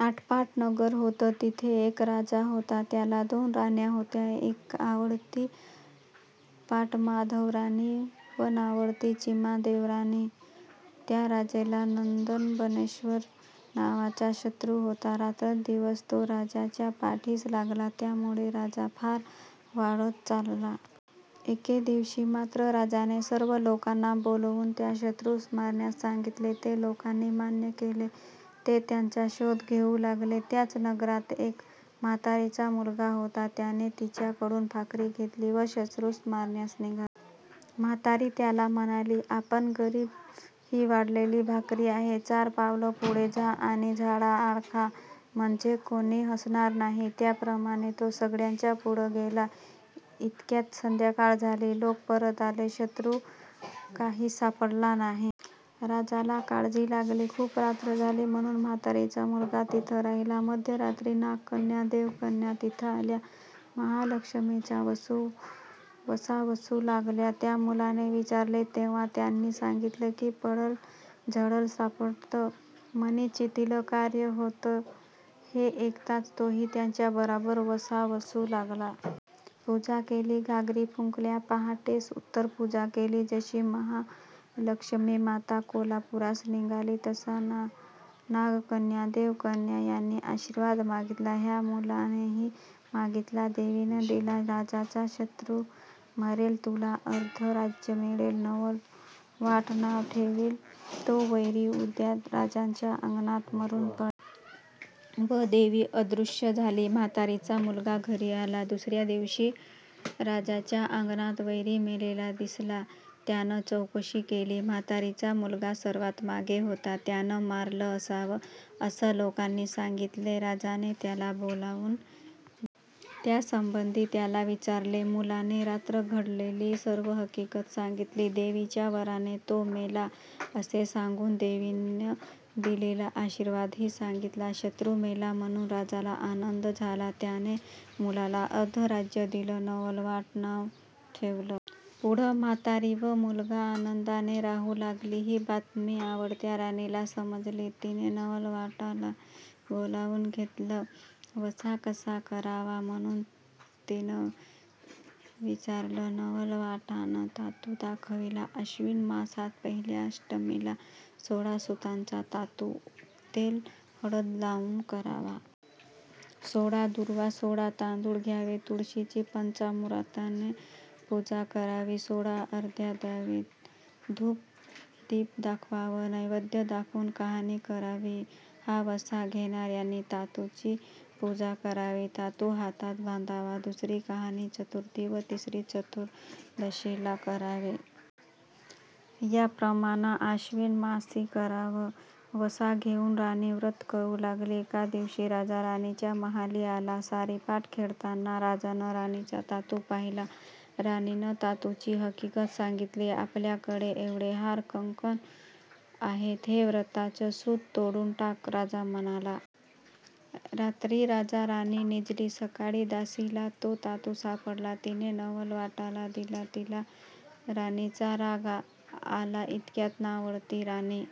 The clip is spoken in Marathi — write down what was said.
आटपाट नगर होतं. तिथं एक राजा होता. त्याला दोन राण्या होत्या. एक आवडती पाटमाधवराणी व नावडती चिमादेवराणी. त्या राजाला नंदनबनेश्वर नावाचा शत्रू होता. रात्रंदिवस तो राजाच्या पाठीस लागला. त्यामुळे राजा फार वाळत चालला. एके दिवशी मात्र राजाने सर्व लोकांना बोलावून त्या शत्रूस मारण्यास सांगितले. ते लोकांनी मान्य केले. ते त्याचा शोध घेऊ लागले. त्याच नगरात एक म्हातारीचा मुलगा होता. त्याने तिच्याकडून भाकरी घेतली व शत्रूस मारण्यास निघाला. म्हातारी त्याला म्हणाली, आपण गरीब. ही वाळलेली भाकरी आहे. चार पावलं पुढं जा आणि झाडाआड खा म्हणजे कोणी हसणार नाही. त्याप्रमाणे तो सगळ्यांच्या पुढं गेला. इतक्यात संध्याकाळ झाली. लोक परत आले. शत्रू काही सापडला नाही. राजाला काळजी लागली. खूप रात्र झाली म्हणून म्हातारीचा मुलगा तिथ राहिला. मध्यरात्री नागकन्या-देवकन्या तिथं आल्या. महालक्ष्मीचा वसा वसू लागल्या. त्या मुलाने विचारले, तेव्हा त्यांनी सांगितलं की, पडल-झडल सापडतं, मनी चितिलं कार्य होतं. हे ऐकताच तोही त्यांच्याबरोबर वसा वसू लागला. पूजा केली. घागरी फुंकल्या. पहाटेस उत्तरपूजा केली. जशी महालक्ष्मीमाता कोल्हापुरास निघाली, तसा नागकन्या-देवकन्या यांनी आशीर्वाद मागितला. ह्या मुलानेही मागितला. देवीनं दिला, राजाचा शत्रू मरेल. तुला अर्धं राज्य मिळेल. नवलवाट नाव ठेवील. तो वैरी उद्या राजाच्या अंगणात मरून पडेल! व देवी अदृश्य झाली. म्हातारीचा मुलगा घरी आला. दुसऱ्या दिवशी राजाच्या अंगणात वैरी मेलेला दिसला. त्यानं चौकशी केली, म्हातारीचा मुलगा सर्वांत मागे होता. त्यानं मारलं असावं, असं लोकांनी सांगितले. राजाने त्याला बोलावून घेतलं. त्यासंबंधी त्याला विचारले. मुलाने रात्री घडलेली सर्व हकीगत सांगितली. देवीच्या वराने तो मेला, असे सांगून देवीनं दिलेला आशीर्वादही सांगितला. शत्रू मेला म्हणून राजाला आनंद झाला. त्याने मुलाला अर्धं राज्य दिलं. नवलवाट नाव ठेवलं. पुढं म्हातारी व मुलगा आनंदाने राहू लागली. ही बातमी आवडत्या राणीला समजली. तिने नवलवाटाला बोलावून घेतलं. वसा कसा करावा, म्हणून तिनं विचारलं. नवलवाटानं तातू दाखविला. अश्विन मासात पहिल्या अष्टमीला सोळा सुतांचा तातू तेल-हळद लावून करावा. सोळा दूर्वा, सोळा तांदूळ घ्यावेत. तुळशीची पंचामृताने पूजा करावी. सोळा अर्घ्य द्यावीत. धूप-दीप दाखवावं. नैवेद्य दाखवून कहाणी करावी. हा वसा घेणाऱ्यांनी तातूची पूजा करावी. तातू हातात बांधावा. दुसरी कहाणी चतुर्थी व तिसरी चतुर्दशीला करावी. याप्रमाणं अश्विन मासी करावं. वसा घेऊन राणी व्रत करू लागली. एक दिवशी राजा राणीच्या महाली आला. सारीपाट खेळताना राजानं राणीचा तातू पाहिला. राणीनं तातूची हकीगत सांगितली. आपल्याकडे एवढे हार, कंकण आहेत. हे व्रताचं सूत तोडून टाक, राजा म्हणाला. रात्री राजा-राणी निजली. सकाळी दासीला तो तातू सापडला. तिनं नवलवाटाला दिला. त्याला राणीचा राग आला. इतक्यात नावडती राणी